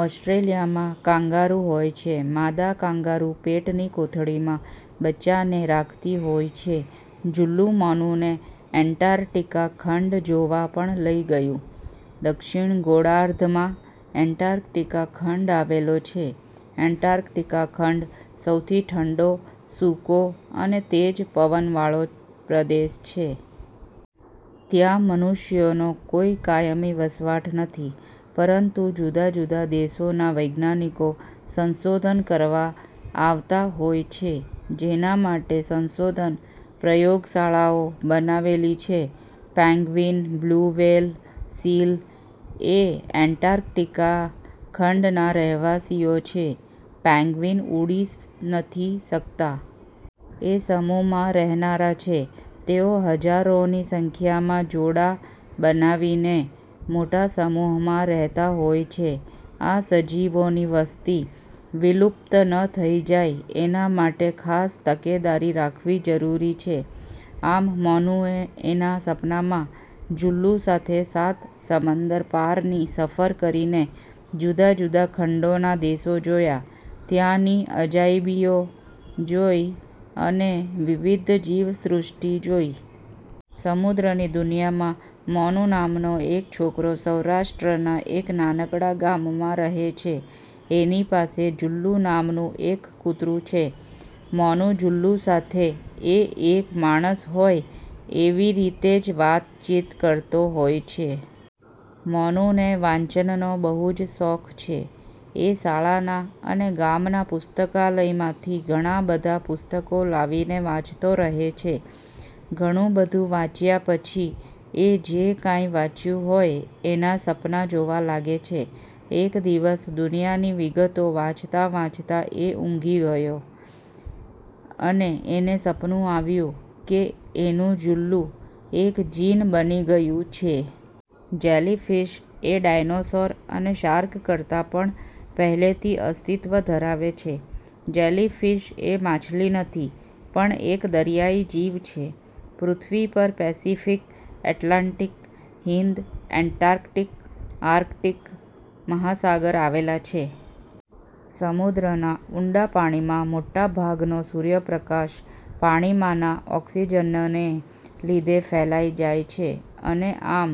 ઓસ્ટ્રેલીયામાં kangaroo હોય છે. માદા કાંગારૂ પેટની કોથળીમાં બચ્ચાને રાખતી હોય છે. જુલ્લુ મોનુને એન્ટારટીકા ખંડ જોવા પણ લઇ ગયું. દક્ષિણ ગોળાર્ધમાં એન્ટારટીકા ખંડ આવેલો છે. એન્ટારટીકા ખંડ સૌથી ઠંડો, સુકો અને તેજ પવનો વાળો પ્રદેશ છે. ત્યાં મનુષ્યોનો કોઈ કાયમી વસવાટ નથી. પરંતુ જુદા જુદા દેશોના વૈજ્ઞાનિકો સંશોધન કરવા આવતા હોય છે જેના માટે સંશોધન પ્રયોગશાળાઓ બનાવેલી છે. પેંગ્વિન, બ્લ્યુ વ્હેલ, સીલ એ એન્ટારટીકા ખંડના રહેવાસીઓ છે. પેંગ્વિન ઉડી નથી શકતાં. એ સમૂહમાં રહેનારા છે. તેઓ હજારોની સંખ્યામાં જોડાં બનાવીને મોટા સમૂહમાં રહેતાં હોય છે. આ સજીવોની વસ્તી વિલુપ્ત ન થઇ જાય એના માટે ખાસ તકેદારી રાખવી જરૂરી છે. આમ મોનુએ એના સપનામાં જુલ્લુ સાથે સાત સમંદર પારની સફર કરીને જુદા જુદા ખંડોના દેશો જોયા, ત્યાંની અજાયબીઓ જોઈ અને વિવિધ જીવસૃષ્ટિ જોઈ. સમુદ્રની દુનિયામાં મોનુ નામનો એક છોકરો સૌરાષ્ટ્રના એક નાનકડા ગામમાં રહે છે. એની પાસે જુલ્લુ નામનું એક કૂતરું છે. મોનુ જુલ્લુ સાથે એ એક માણસ હોય એવી રીતે જ વાતચીત કરતો હોય છે. મોનુને વાંચનનો બહુ જ શોખ છે. એ શાળાના અને ગામના પુસ્તકાલયમાંથી ઘણાં બધાં પુસ્તકો લાવીને વાંચતો રહે છે. ઘણું બધું વાંચ્યા પછી એ જે કાંઈ વાંચ્યું હોય એનાં સપનાં જોવા લાગે છે. એક દિવસ દુનિયાની વિગતો વાંચતાં વાંચતાં એ ઊંઘી ગયો અને એને સપનું આવ્યું કે એનું જુલ્લુ એક જીન બની ગયું છે! જેલી ફીશ એ ડાઇનોસોર અને શાર્ક કરતાં પણ પહેલેથી અસ્તિત્વ ધરાવે છે. જેલી ફીશ એ માછલી નથી પણ એક દરિયાઈ જીવ છે. પૃથ્વી પર Pacific, Atlantic, Hind, Antarctic, Arctic મહાસાગર આવેલા છે. સમુદ્રના ઊંડા પાણીમાં મોટા ભાગનો સૂર્યપ્રકાશ પાણીમાંના ઓક્સીજનને લીધે ફેલાઈ જાય છે અને આમ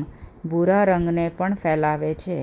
ભૂરા રંગને પણ ફેલાવે છે.